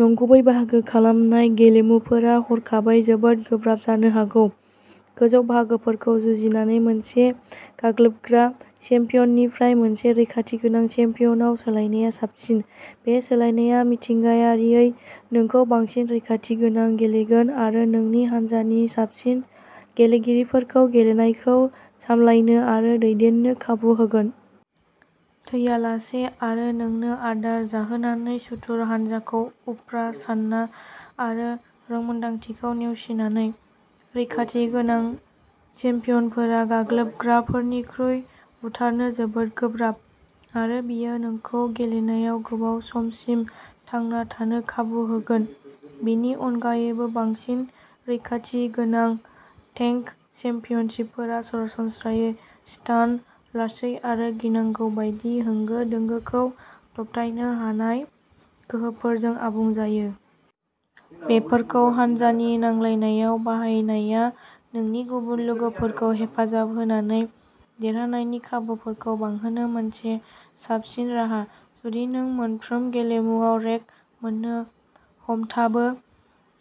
नंगुबै बाहागो खालामनाय गेलेमुफोरा हरखाबै जोबोद गोब्राब जानो हागौ। गोजौ बाहागोफोरखौ जुजिनानै, मोनसे गाग्लोबग्रा चेम्पियननिफ्राय मोनसे रैखाथि गोनां चेम्पियनआव सोलायनाया साबसिन। बे सोलायनाया मिथिंगायारियै नोंखौ बांसिन रैखाथि गोनां गेलेगोन आरो नोंनि हानजानि साबसिन गेलेगिरिफोरखौ गेलेनायखौ सामलायनो आरो दैदेननो खाबु होगोन। थैयालासे आरो नोंनो आदार जाहोनानै सुथुर हान्जाखौ उफ्रा सना आरो रोंमोन्दांथिखौ नेवसिनानै। रैखाथि गोनां चेम्पियनफोरा गाग्लोबग्राफोरनिख्रुइ बुथारनो जोबोद गोब्राब, आरो बेयो नोंखौ गेलेनायाव गोबाव समसिम थांना थानो खाबु होगोन। बेनि अनगायैबो, बांसिन रैखाथि गोनां टेंक चेम्पियनफोरा सरासनस्रायै स्टान, लासै आरो गिनांगौ बायदि होंगो दोंगोखौ दबथायनो हानाय गोहोफोरजों आबुं जायो। बेफोरखौ हानजानि नांलायनायाव बाहायनाया नोंनि गुबुन लोगोफोरखौ हेफाजाब होनानै देरहानायनि खाबुफोरखौ बांहोनो मोनसे साबसिन राहा। जुदि नों मोनफ्रोम गेलेमुआव रेक मोननो हमथाबो,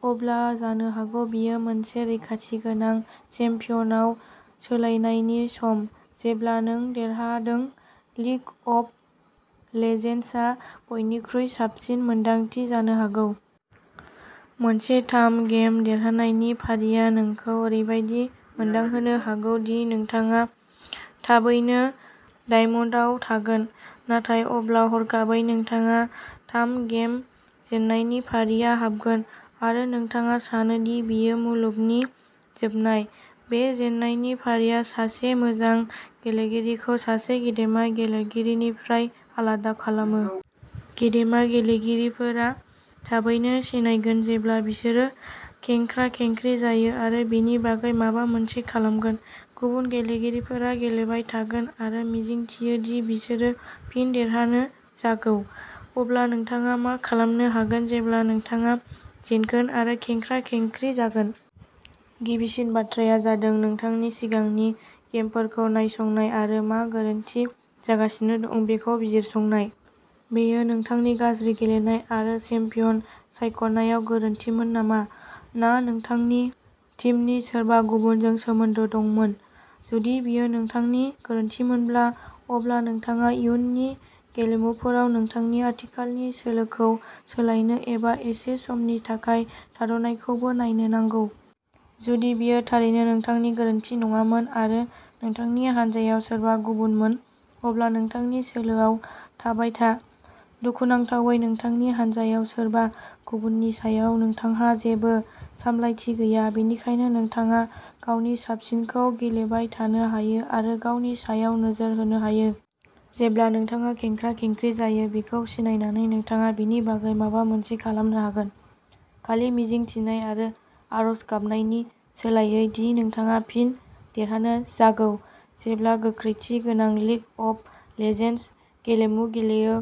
अब्ला जानो हागौ बेयो मोनसे रैखाथि गोनां चेम्पियनआव सोलायनायनि सम। जेब्ला नों देरहादों, लिग अफ लेजेन्ड्सआ बयनिख्रुइ साबसिन मोन्दांथि जानो हागौ। मोनसे थाम गेम देरहानायनि फारिआ नोंखौ ओरैबायदि मोनदांहोनो हागौ दि नोंथाङा थाबैनो डायमन्डआव थागोन। नाथाय अब्ला हरखाबै नोंथाङा थाम गेम जेननायनि फारिआ हाबगोन, आरो नोंथाङा सानो दि बेयो मुलुगनि जोबनाय। बे जेननायनि फारिआ सासे मोजां गेलेगिरिखौ सासे गेदेमा गेलेगिरिनिफ्राय आलादा खालामो। गेदेमा गेलेगिरि फोरा थाबैनो सिनायगोन जेब्ला बिसोरो खेंख्रा-खेंख्रि जायो आरो बेनि बागै माबा मोनसे खालामगोन। गुबुन गेलेगिरिफोरा गेलेबाय थागोन आरो मिजिंथियो दि बिसोरो फिन देरहानो जागौ। अब्ला नोंथाङा मा खालामनो हागोन जेब्ला नोंथाङा जेनगोन आरो खेंख्रा-खेंख्रि जागोन? गिबिसिन बाथ्राया जादों नोंथांनि सिगांनि गेमफोरखौ नायसंनाय आरो मा गोरोन्थि जागासिनो दं बेखौ बिजिरसंनाय। बेयो नोंथांनि गाज्रि गेलेनाय आरो चेम्पियन सायख'नायाव गोरोन्थिमोन नामा? ना नोंथांनि टीमनि सोरबा गुबुनजों सोमोन्दो दंमोन? जुदि बेयो नोंथांनि गोरोन्थिमोनब्ला, अब्ला नोंथाङा इयुननि गेलेमुफोराव नोंथांनि आथिखालनि सोलोखौ सोलायनो एबा एसे समनि थाखाय थाद'नायखौबो नायनो नांगौ। जुदि बेयो थारैनो नोंथांनि गोरोन्थि नङामोन आरो नोंथांनि हानजायाव सोरबा गुबुनमोन, अब्ला नोंथांनि सोलोआव थाबाय था। दुखुनांथावै, नोंथांनि हान्जायाव सोरबा गुबुननि सायाव नोंथांहा जेबो सामलायथि गैया, बेनिखायनो नोंथाङा गावनि साबसिनखौ गेलेबाय थानो हायो आरो गावनि सायाव नोजोर होनो हायो। जेब्ला नोंथाङा खेंख्रा-खेंख्रि जायो बेखौ सिनायनानै नोंथाङा बेनि बागै माबा मोनसे खालामनो हागोन, खालि मिजिं थिनाय आरो आरज गाबनायनि सोलायै दि नोंथाङा फिन देरहानो जागौ। जेब्ला गोख्रैथि गोनां लिग अफ लेजेन्डस गेलेमु गेलेयो,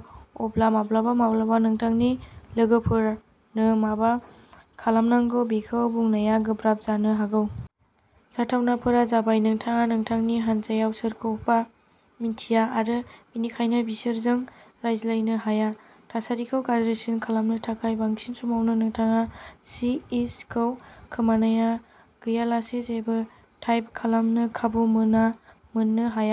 अब्ला माब्लाबा-माब्लाबा नोंथांनि लोगोफोरनो मा खालामनांगौ बेखौ बुंनाया गोब्राब जानो हागौ। जाथावनाफोरा जाबाय नोंथाङा नोंथांनि हान्जायाव सोरखौबा मिन्थिया आरो बेनिखायनो बिसोरजों रायज्लायनो हाया। थासारिखौ गाज्रिसिन खालामनो थाखाय, बांसिन समावनो नोंथाङा सि इस खौ खोमानाय गैयालासे जेबो टाइप खालामनो खाबु मोना, मोननो हाया।